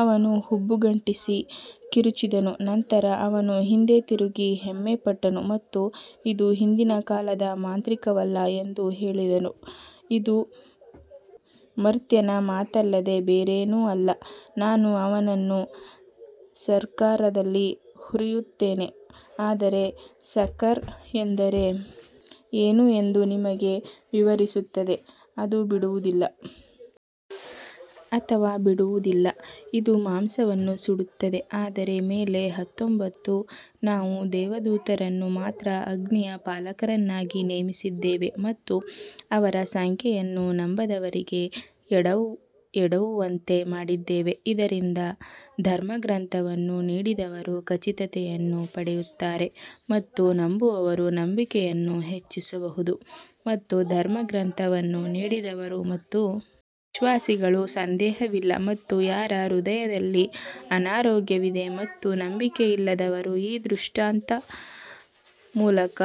ಅವನು ಹುಬ್ಬುಗಂಟಿಸಿ ಕಿರುಚಿದನು ನಂತರ ಅವನು ಹಿಂದೆ ತಿರುಗಿ ಹೆಮ್ಮೆಪಟ್ಟನು ಮತ್ತು ಇದು ಹಿಂದಿನ ಕಾಲದ ಮಾಂತ್ರಿಕವಲ್ಲ ಎಂದು ಹೇಳಿದರು ಇದು ಮರ್ತ್ಯನ ಮಾತಲ್ಲದೆ ಬೇರೇನೂ ಅಲ್ಲ ನಾನು ಅವನನ್ನು ಸಕರ್ಾರದಲ್ಲಿ ಹುರಿಯುತ್ತೇನೆ ಆದರೆ ಸಕರ್ ಎಂದರೆ ಏನು ಎಂದು ನಿಮಗೆ ವಿವರಿಸುತ್ತದೆ ಅದು ಬಿಡುವುದಿಲ್ಲ ಅಥವಾ ಬಿಡುವುದಿಲ್ಲ ಇದು ಮಾಂಸವನ್ನು ಸುಡುತ್ತದೆ ಅದರ ಮೇಲೆ ಹತ್ತೊಂಬತ್ತು ನಾವು ದೇವದೂತರನ್ನು ಮಾತ್ರ ಅಗ್ನಿಯ ಪಾಲಕರನ್ನಾಗಿ ನೇಮಿಸಿದ್ದೇವೆ ಮತ್ತು ಅವರ ಸಂಖ್ಯೆಯನ್ನು ನಂಬದವರಿಗೆ ಎಡವುವಂತೆ ಮಾಡಿದ್ದೇವೆ, ಇದರಿಂದ ಧರ್ಮಗ್ರಂಥವನ್ನು ನೀಡಿದವರು ಖಚಿತತೆಯನ್ನು ಪಡೆಯುತ್ತಾರೆ ಮತ್ತು ನಂಬುವವರು ನಂಬಿಕೆಯನ್ನು ಹೆಚ್ಚಿಸಬಹುದು ಮತ್ತು ಧರ್ಮಗ್ರಂಥವನ್ನು ನೀಡಿದವರು ಮತ್ತು ವಿಶ್ವಾಸಿಗಳು ಸಂದೇಹವಿಲ್ಲ ಮತ್ತು ಯಾರ ಹೃದಯದಲ್ಲಿ ಅನಾರೋಗ್ಯವಿದೆ ಮತ್ತು ನಂಬಿಕೆಯಿಲ್ಲದವರು ಈ ದೃಷ್ಟಾಂತದ ಮೂಲಕ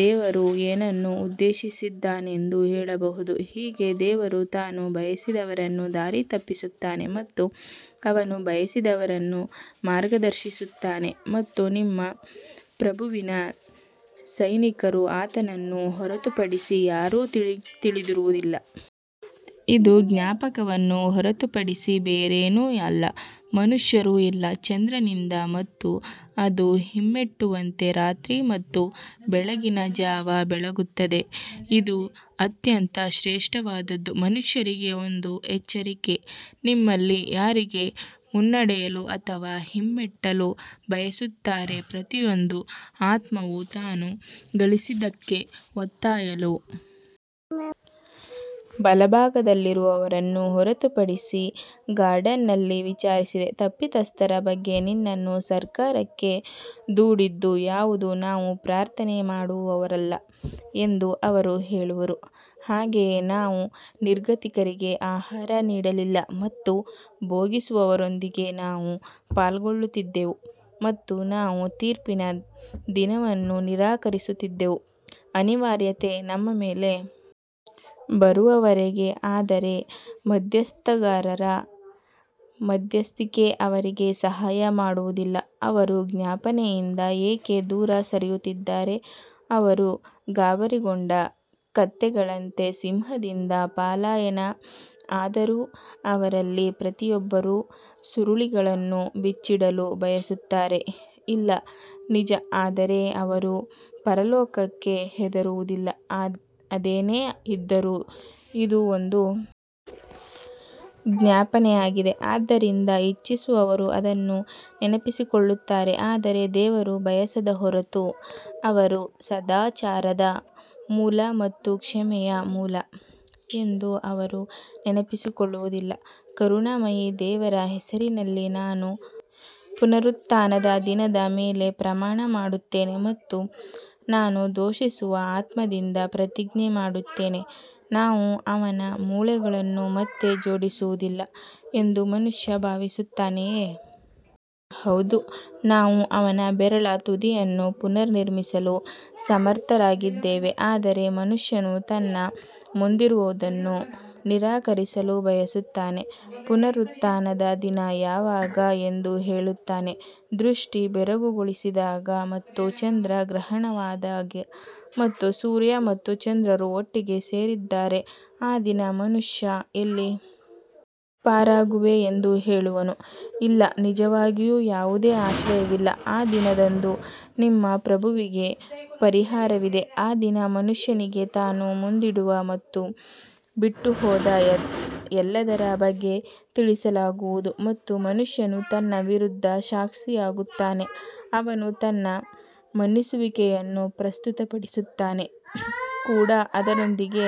ದೇವರು ಏನನ್ನು ಉದ್ದೇಶಿಸಿದ್ದಾನೆಂದು ಹೇಳಬಹುದು ಹೀಗೆ ದೇವರು ತಾನು ಬಯಸಿದವರನ್ನು ದಾರಿ ತಪ್ಪಿಸುತ್ತಾನೆ ಮತ್ತು ಅವನು ಬಯಸಿದವರನ್ನು ಮಾರ್ಗದರ್ಶಿಸುತ್ತಾನೆ ಮತ್ತು ನಿಮ್ಮ ಪ್ರಭುವಿನ ಸೈನಿಕರು ಆತನನ್ನು ಹೊರತುಪಡಿಸಿ ಯಾರೂ ತಿಳಿದಿರುವುದಿಲ್ಲ ಇದು ಜ್ಞಾಪಕವನ್ನು ಹೊರತುಪಡಿಸಿ ಬೇರೇನೂ ಅಲ್ಲ ಮನುಷ್ಯರು ಇಲ್ಲ ಚಂದ್ರನಿಂದ ಮತ್ತು ಅದು ಹಿಮ್ಮೆಟ್ಟುವಂತೆ ರಾತ್ರಿ ಮತ್ತು ಬೆಳಗಿನ ಜಾವ ಬೆಳಗುತ್ತದೆ ಇದು ಅತ್ಯಂತ ಶ್ರೇಷ್ಠವಾದದ್ದು ಮನುಷ್ಯರಿಗೆ ಒಂದು ಎಚ್ಚರಿಕೆ ನಿಮ್ಮಲ್ಲಿ ಯಾರಿಗೆ ಮುನ್ನಡೆಯಲು ಅಥವಾ ಹಿಮ್ಮೆಟ್ಟಲು ಬಯಸುತ್ತಾರೆ ಪ್ರತಿಯೊಂದು ಆತ್ಮವೂ ತಾನು ಗಳಿಸಿದ್ದಕ್ಕೆ ಒತ್ತೆಯಾಳು ಬಲಭಾಗದಲ್ಲಿರುವವರನ್ನು ಹೊರತುಪಡಿಸಿ ಗಾರ್ಡನ್ಸ್ನಲ್ಲಿ ವಿಚಾರಿಸಿದೆ ತಪ್ಪಿತಸ್ಥರ ಬಗ್ಗೆ ನಿನ್ನನ್ನು ಸಕರ್ಾರಕ್ಕೆ ದೂಡಿದ್ದು ಯಾವುದು ನಾವು ಪ್ರಾರ್ಥನೆ ಮಾಡುವವರಲ್ಲ ಎಂದು ಅವರು ಹೇಳುವರು ಹಾಗೆಯೇ ನಾವು ನಿರ್ಗತಿಕರಿಗೆ ಆಹಾರ ನೀಡಲಿಲ್ಲ ಮತ್ತು ಭೋಗಿಸುವವರೊಂದಿಗೆ ನಾವು ಪಾಲ್ಗೊಳ್ಳುತ್ತಿದ್ದೆವು ಮತ್ತು ನಾವು ತೀರ್ಪಿನ ದಿನವನ್ನು ನಿರಾಕರಿಸುತ್ತಿದ್ದೆವು ಅನಿವಾರ್ಯತೆ ನಮ್ಮ ಮೇಲೆ ಬರುವವರೆಗೆ ಆದರೆ ಮಧ್ಯಸ್ಥಗಾರರ ಮಧ್ಯಸ್ಥಿಕೆ ಅವರಿಗೆ ಸಹಾಯ ಮಾಡುವುದಿಲ್ಲ ಅವರು ಜ್ಞಾಪನೆಯಿಂದ ಏಕೆ ದೂರ ಸರಿಯುತ್ತಿದ್ದಾರೆ ಅವರು ಗಾಬರಿಗೊಂಡ ಕತ್ತೆಗಳಂತೆ ಸಿಂಹದಿಂದ ಪಲಾಯನ ಆದರೂ ಅವರಲ್ಲಿ ಪ್ರತಿಯೊಬ್ಬರೂ ಸುರುಳಿಗಳನ್ನು ಬಿಚ್ಚಿಡಲು ಬಯಸುತ್ತಾರೆ ಇಲ್ಲ ನಿಜ ಆದರೆ ಅವರು ಪರಲೋಕಕ್ಕೆ ಹೆದರುವುದಿಲ್ಲ ಅದೇನೇ ಇದ್ದರೂ, ಇದು ಒಂದು ಜ್ಞಾಪನೆಯಾಗಿದೆ ಆದ್ದರಿಂದ ಇಚ್ಛಿಸುವವರು ಅದನ್ನು ನೆನಪಿಸಿಕೊಳ್ಳುತ್ತಾರೆ ಆದರೆ ದೇವರು ಬಯಸದ ಹೊರತು ಅವರು ಸದಾಚಾರದ ಮೂಲ ಮತ್ತು ಕ್ಷಮೆಯ ಮೂಲ ಎಂದು ಅವರು ನೆನಪಿಸಿಕೊಳ್ಳುವುದಿಲ್ಲ ಕರುಣಾಮಯಿ ದೇವರ ಹೆಸರಿನಲ್ಲಿ ನಾನು ಪುನರುತ್ಥಾನದ ದಿನದ ಮೇಲೆ ಪ್ರಮಾಣ ಮಾಡುತ್ತೇನೆ ಮತ್ತು ನಾನು ದೂಷಿಸುವ ಆತ್ಮದಿಂದ ಪ್ರತಿಜ್ಞೆ ಮಾಡುತ್ತೇನೆ ನಾವು ಅವನ ಮೂಳೆಗಳನ್ನು ಮತ್ತೆ ಜೋಡಿಸುವುದಿಲ್ಲ ಎಂದು ಮನುಷ್ಯ ಭಾವಿಸುತ್ತಾನೆಯೇ? ಹೌದು, ನಾವು ಅವನ ಬೆರಳ ತುದಿಯನ್ನು ಪುನರ್ನಿರ್ಮಿಸಲು ಸಮರ್ಥರಾಗಿದ್ದೇವೆ ಆದರೆ ಮನುಷ್ಯನು ತನ್ನ ಮುಂದಿರುವದನ್ನು ನಿರಾಕರಿಸಲು ಬಯಸುತ್ತಾನೆ ಪುನರುತ್ಥಾನದ ದಿನ ಯಾವಾಗ ಎಂದು ಕೇಳುತ್ತಾನೆ ದೃಷ್ಟಿ ಬೆರಗುಗೊಳಿಸಿದಾಗ ಮತ್ತು ಚಂದ್ರ ಗ್ರಹಣವಾಗಿದೆ ಮತ್ತು ಸೂರ್ಯ ಮತ್ತು ಚಂದ್ರರು ಒಟ್ಟಿಗೆ ಸೇರಿದ್ದಾರೆ ಆ ದಿನ ಮನುಷ್ಯ ಎಲ್ಲಿ ಪಾರಾಗುವೆ ಎಂದು ಹೇಳುವನು ಇಲ್ಲ ನಿಜವಾಗಿಯೂ ಯಾವುದೇ ಆಶ್ರಯವಿಲ್ಲ ಆ ದಿನದಂದು ನಿಮ್ಮ ಪ್ರಭುವಿಗೆ ಪರಿಹಾರವಿದೆ ಆ ದಿನ ಮನುಷ್ಯನಿಗೆ ತಾನು ಮುಂದಿಡುವ ಮತ್ತು ಬಿಟ್ಟುಹೋದ ಎಲ್ಲದರ ಬಗ್ಗೆ ತಿಳಿಸಲಾಗುವುದು ಮತ್ತು ಮನುಷ್ಯನು ತನ್ನ ವಿರುದ್ಧ ಸಾಕ್ಷಿಯಾಗುತ್ತಾನೆ ಅವನು ತನ್ನ ಮನ್ನಿಸುವಿಕೆಯನ್ನು ಪ್ರಸ್ತುತಪಡಿಸುತ್ತಾನೆ ಕೂಡ ಅದರೊಂದಿಗೆ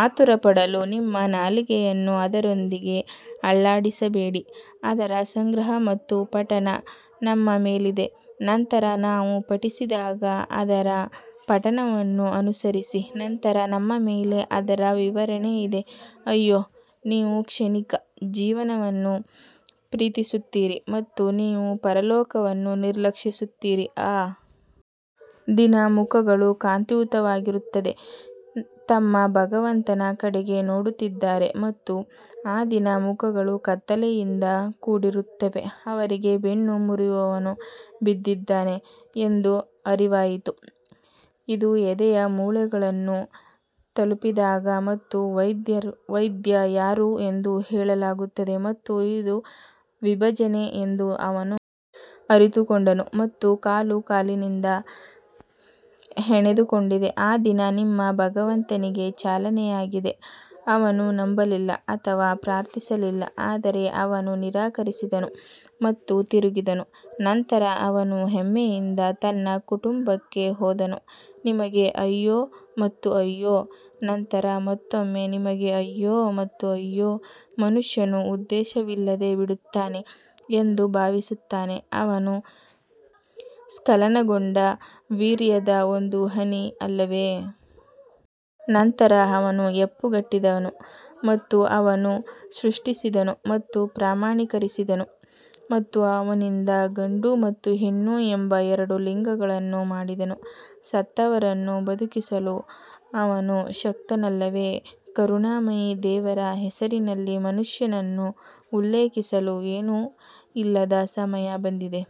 ಆತುರಪಡಲು ನಿಮ್ಮ ನಾಲಿಗೆಯನ್ನು ಅದರೊಂದಿಗೆ ಅಲ್ಲಾಡಿಸಬೇಡಿ ಅದರ ಸಂಗ್ರಹ ಮತ್ತು ಪಠಣ ನಮ್ಮ ಮೇಲಿದೆ ನಂತರ ನಾವು ಪಠಿಸಿದಾಗ ಅದರ ಪಠಣವನ್ನು ಅನುಸರಿಸಿ ನಂತರ ನಮ್ಮ ಮೇಲೆ ಅದರ ವಿವರಣೆ ಇದೆ ಅಯ್ಯೋ, ನೀವು ಕ್ಷಣಿಕ ಜೀವನವನ್ನು ಪ್ರೀತಿಸುತ್ತೀರಿ ಮತ್ತು ನೀವು ಪರಲೋಕವನ್ನು ನಿರ್ಲಕ್ಷಿಸುತ್ತೀರಿ ಆ ದಿನ ಮುಖಗಳು ಕಾಂತಿಯುತವಾಗಿರುತ್ತದೆ ತಮ್ಮ ಭಗವಂತನ ಕಡೆಗೆ ನೋಡುತ್ತಿದ್ದಾರೆ ಮತ್ತು ಆ ದಿನ ಮುಖಗಳು ಕತ್ತಲೆಯಿಂದ ಕೂಡಿರುತ್ತವೆ ಅವರಿಗೆ ಬೆನ್ನು ಮುರಿಯುವವನು ಬಿದ್ದಿದ್ದಾನೆ ಎಂದು ಅರಿವಾಯಿತು ಇದು ಎದೆಯ ಮೂಳೆಗಳನ್ನು ತಲುಪಿದಾಗ ಮತ್ತು ವೈದ್ಯ ಯಾರು ಎಂದು ಹೇಳಲಾಗುತ್ತದೆ ಮತ್ತು ಇದು ವಿಭಜನೆ ಎಂದು ಅವನು ಅರಿತುಕೊಂಡನು ಮತ್ತು ಕಾಲು ಕಾಲಿನಿಂದ ಹೆಣೆದುಕೊಂಡಿದೆ ಆ ದಿನ ನಿಮ್ಮ ಭಗವಂತನಿಗೆ ಚಾಲನೆಯಾಗಿದೆ ಅವನು ನಂಬಲಿಲ್ಲ ಅಥವಾ ಪ್ರಾರ್ಥಿಸಲಿಲ್ಲ ಆದರೆ ಅವನು ನಿರಾಕರಿಸಿದನು ಮತ್ತು ತಿರುಗಿದನು ನಂತರ ಅವನು ಹೆಮ್ಮೆಯಿಂದ ತನ್ನ ಕುಟುಂಬಕ್ಕೆ ಹೋದನು ನಿಮಗೆ ಅಯ್ಯೋ ಮತ್ತು ಅಯ್ಯೋ ನಂತರ ಮತ್ತೊಮ್ಮೆ ನಿಮಗೆ ಅಯ್ಯೋ ಮತ್ತು ಅಯ್ಯೋ ಮನುಷ್ಯನು ಉದ್ದೇಶವಿಲ್ಲದೆ ಬಿಡುತ್ತಾನೆ ಎಂದು ಭಾವಿಸುತ್ತಾನೆ ಅವನು ಸ್ಖಲನಗೊಂಡ ವೀರ್ಯದ ಒಂದು ಹನಿ ಅಲ್ಲವೇ? ನಂತರ ಅವನು ಹೆಪ್ಪುಗಟ್ಟಿದನು ಮತ್ತು ಅವನು ಸೃಷ್ಟಿಸಿದನು ಮತ್ತು ಪ್ರಮಾಣೀಕರಿಸಿದನು ಮತ್ತು ಅವನಿಂದ ಗಂಡು ಮತ್ತು ಹೆಣ್ಣು ಎಂಬ ಎರಡು ಲಿಂಗಗಳನ್ನು ಮಾಡಿದನು ಸತ್ತವರನ್ನು ಬದುಕಿಸಲು ಅವನು ಶಕ್ತನಲ್ಲವೇ ಕರುಣಾಮಯಿ ದೇವರ ಹೆಸರಿನಲ್ಲಿ ಮನುಷ್ಯನನ್ನು ಉಲ್ಲೇಖಿಸಲು ಏನೂ ಇಲ್ಲದ ಸಮಯ ಬಂದಿದೆಯೇ.